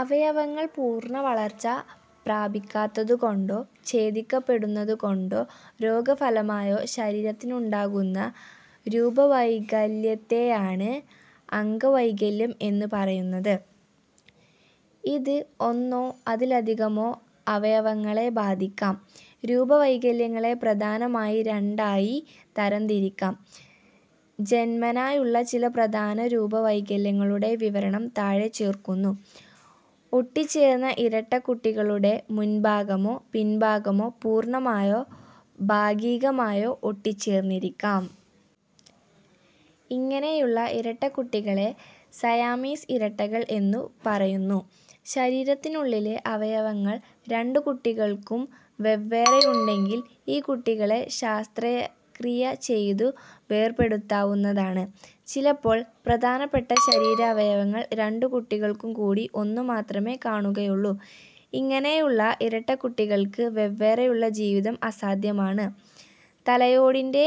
അവയവങ്ങൾ പൂർണവളർച്ച പ്രാപിക്കാത്തതുകൊണ്ടോ ഛേദിക്കപ്പെടുന്നതുകൊണ്ടോ രോഗഫലമായോ ശരീരത്തിനുണ്ടാകുന്ന രൂപവൈകല്യത്തെയാണ് അംഗവൈകല്യം എന്നു് പറയുന്നത്. ഇത് ഒന്നോ അതിലധികമോ അവയവങ്ങളെ ബാധിക്കാം. രൂപവൈകല്യങ്ങളെ പ്രധാനമായി രണ്ടായി തരംതിരിക്കാം. ജൻമനായുള്ള ചില പ്രധാന രൂപവൈകല്യങ്ങളുടെ വിവരണം താഴെ ചേർക്കുന്നു. ഒട്ടിച്ചേർന്ന ഇരട്ടകുട്ടികളുടെ മുൻഭാഗമോ പിൻഭാഗമോ പൂർണമായോ ഭാഗികമായോ ഒട്ടിച്ചേർന്നിരിക്കാം. ഇങ്ങനെയുള്ള ഇരട്ടകുട്ടികളെ സയാമീസ് ഇരട്ടകൾ എന്നു പറയുന്നു. ശരീരത്തിനുള്ളിലെ അവയവങ്ങൾ രണ്ടു കുട്ടികൾക്കും വെവ്വേറെയുണ്ടെങ്കിൽ ഈ കുട്ടികളെ ശസ്ത്രക്രിയ ചെയ്തു വേർപെടുത്താവുന്നതാണ്. ചിലപ്പോൾ പ്രധാനപ്പെട്ട ശരീരാവയവങ്ങൾ രണ്ടു കുട്ടികൾക്കുംകൂടി ഒന്നുമാത്രമേ കാണുകയുള്ളു. ഇങ്ങനെയുള്ള ഇരട്ടക്കുട്ടികൾക്ക് വെവ്വേറെയുള്ള ജീവിതം അസാധ്യമാണ്. തലയോടിന്റെ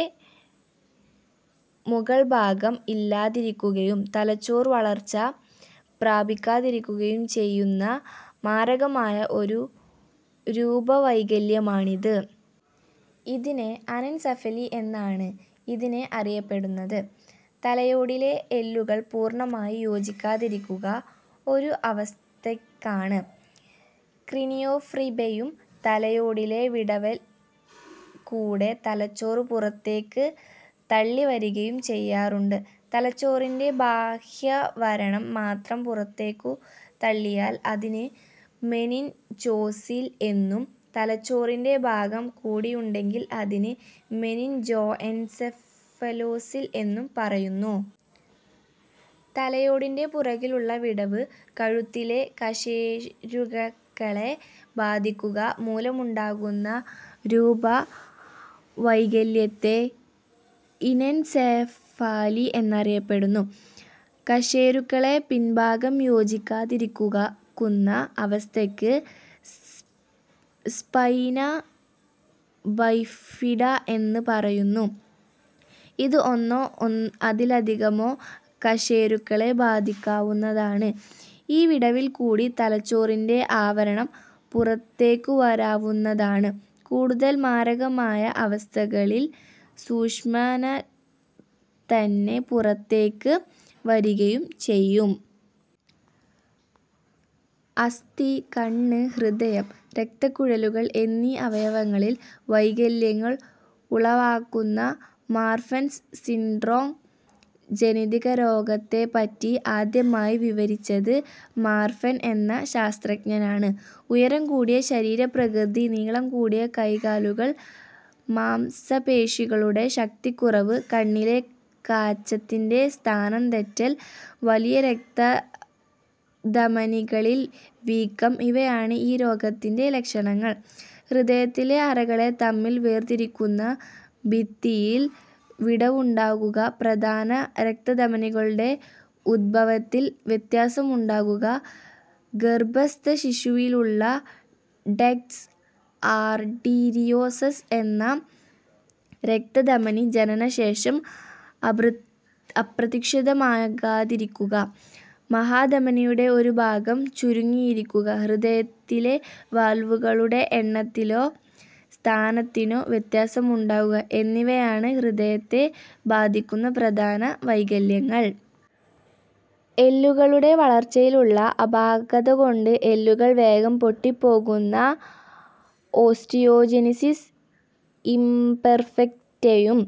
മുകൾഭാഗം ഇല്ലാതിരിക്കുകയും തലച്ചോറ് വളർച്ച പ്രാപിക്കാതിരിക്കുകയും ചെയ്യുന്ന മാരകമായ ഒരു രൂപവൈകല്യമാണിത്. ഇതിനെ അനെൻസെഫാലി എന്നാണ് ഇതിനെ അറിയപ്പെടുന്നത്. തലയോടിലെ എല്ലുകൾ പൂർണമായി യോജിക്കാതിരിക്കുന്ന ഒരു അവസ്ഥയക്കാണ് ക്രേനിയോബൈഫിയം. തലയോടിലെ വിടവിൽ കൂടെ തലച്ചോറ് പുറത്തേക്ക് തള്ളിവരികയും ചെയ്യാറുണ്ട്. തലച്ചോറിന്റെ ബാഹ്യാവരണം മാത്രം പുറത്തേക്കു തള്ളിയാൽ അതിന് മെനിൻജോസീൽ എന്നും, തലച്ചോറിന്റെ ഭാഗം കൂടിയുണ്ടെങ്കിൽ അതിന് മെനിൻജോഎൻസെഫലോസീൽ എന്നും പറയുന്നു. തലയോടിന്റെ പുറകിലുള്ള വിടവ് കഴുത്തിലെ കശേരുക്കളെ ബാധിക്കുക മൂലമുണ്ടാകുന്ന രൂപവൈകല്യത്തെ ഇനെൻസെഫാലി എന്നറിയപ്പെടുന്നു. കശേരുക്കളുടെ പിൻഭാഗം യോജിക്കാതിരിക്കുന്ന അവസ്ഥയ്ക്ക് സ്പൈനാ ബൈഫിഡാ എന്നു പറയുന്നു. ഇത് ഒന്നോ അതിലധികമോ കശേരുക്കളെ ബാധിക്കാവുന്നതാണ്. ഈ വിടവിൽക്കൂടി തലച്ചോറിന്റെ ആവരണം പുറത്തേക്കുവരാവുന്നതാണ്. കൂടുതൽ മാരകമായ അവസ്ഥകളിൽ സുഷ്മ്നെതന്നെ പുറത്തേക്ക് വരികയും ചെയ്യും. അസ്ഥി, കണ്ണ്, ഹൃദയം, രക്തക്കുഴലുകൾ എന്നീ അവയവങ്ങളിൽ വൈകല്യങ്ങൾ ഉളവാക്കുന്ന മാർഫൻസ് സിൻഡ്രോം ജനിതകരോഗത്തെപറ്റി ആദ്യമായി വിവരിച്ചത് മാർഫൻ എന്ന ശാസ്ത്രജ്ഞനാണ്. ഉയരംകൂടിയ ശരീരപ്രകൃതി, നീളംകൂടിയ കൈകാലുകൾ, മാംസപേശികളുടെ ശക്തിക്കുറവ്, കണ്ണിലെ കാചത്തിന്റെ സ്ഥാനംതെറ്റൽ, വലിയ രക്തധമനികളിൽ വീക്കം ഇവയാണ് ഈ രോഗത്തിന്റെ ലക്ഷണങ്ങൾ. ഹൃദയത്തിലെ അറകളെ തമ്മിൽ വേർതിരിക്കുന്ന ഭിത്തിയിൽ വിടവുണ്ടാകുക, പ്രധാന രക്തധമനികളുടെ ഉദ്ഭവത്തിൽ വ്യത്യാസമുണ്ടാകുക, ഗർഭസ്ഥശിശുവിലുള്ള ഡക്റ്റസ് ആർടീരിയോസസ് എന്ന രക്തധമനി ജനനശേഷം അപ്രത്യക്ഷമാകാതിരിക്കുക, മഹാധമനിയുടെ ഒരു ഭാഗം ചുരുങ്ങിയിരിക്കുക, ഹൃദയത്തിലെ വാൽവുകളുടെ എണ്ണത്തിലോ സ്ഥാനത്തിനോ വ്യത്യാസമുണ്ടാകുക എന്നിവയാണ് ഹൃദയത്തെ ബാധിക്കുന്ന പ്രധാന വൈകല്യങ്ങൾ. എല്ലുകളുടെ വളർച്ചയിലുള്ള അപാകതകൊണ്ട് എല്ലുകൾ വേഗം പൊട്ടിപ്പോകുന്ന ഓസ്റ്റിയോജെനിസിസ് ഇംപെർഫെക്റ്റയും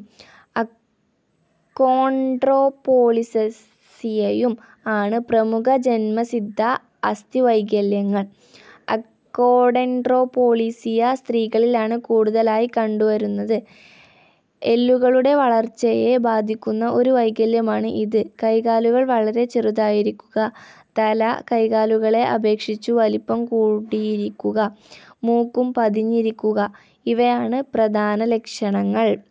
അക്കോൺഡ്രോപ്ളാസിയയും ആണ് പ്രമുഖ ജന്മസിദ്ധ അസ്ഥിവൈകല്യങ്ങൾ. അക്കോൺഡ്രോപ്ളാസിയ സ്ത്രീകളിലാണ് കൂടുതലായി കണ്ടുവരുന്നത്. എല്ലുകളുടെ വളർച്ചയെ ബാധിക്കുന്ന ഒരു വൈകല്യമാണ് ഇത്. കൈകാലുകൾ വളരെ ചെറുതായിരിക്കുക, തല കൈകാലുകളെ അപേക്ഷിച്ചു വലിപ്പം കൂടിയിരിക്കുക, മൂക്കു പതിഞ്ഞിരിക്കുക ഇവയാണ് പ്രധാന ലക്ഷണങ്ങൾ.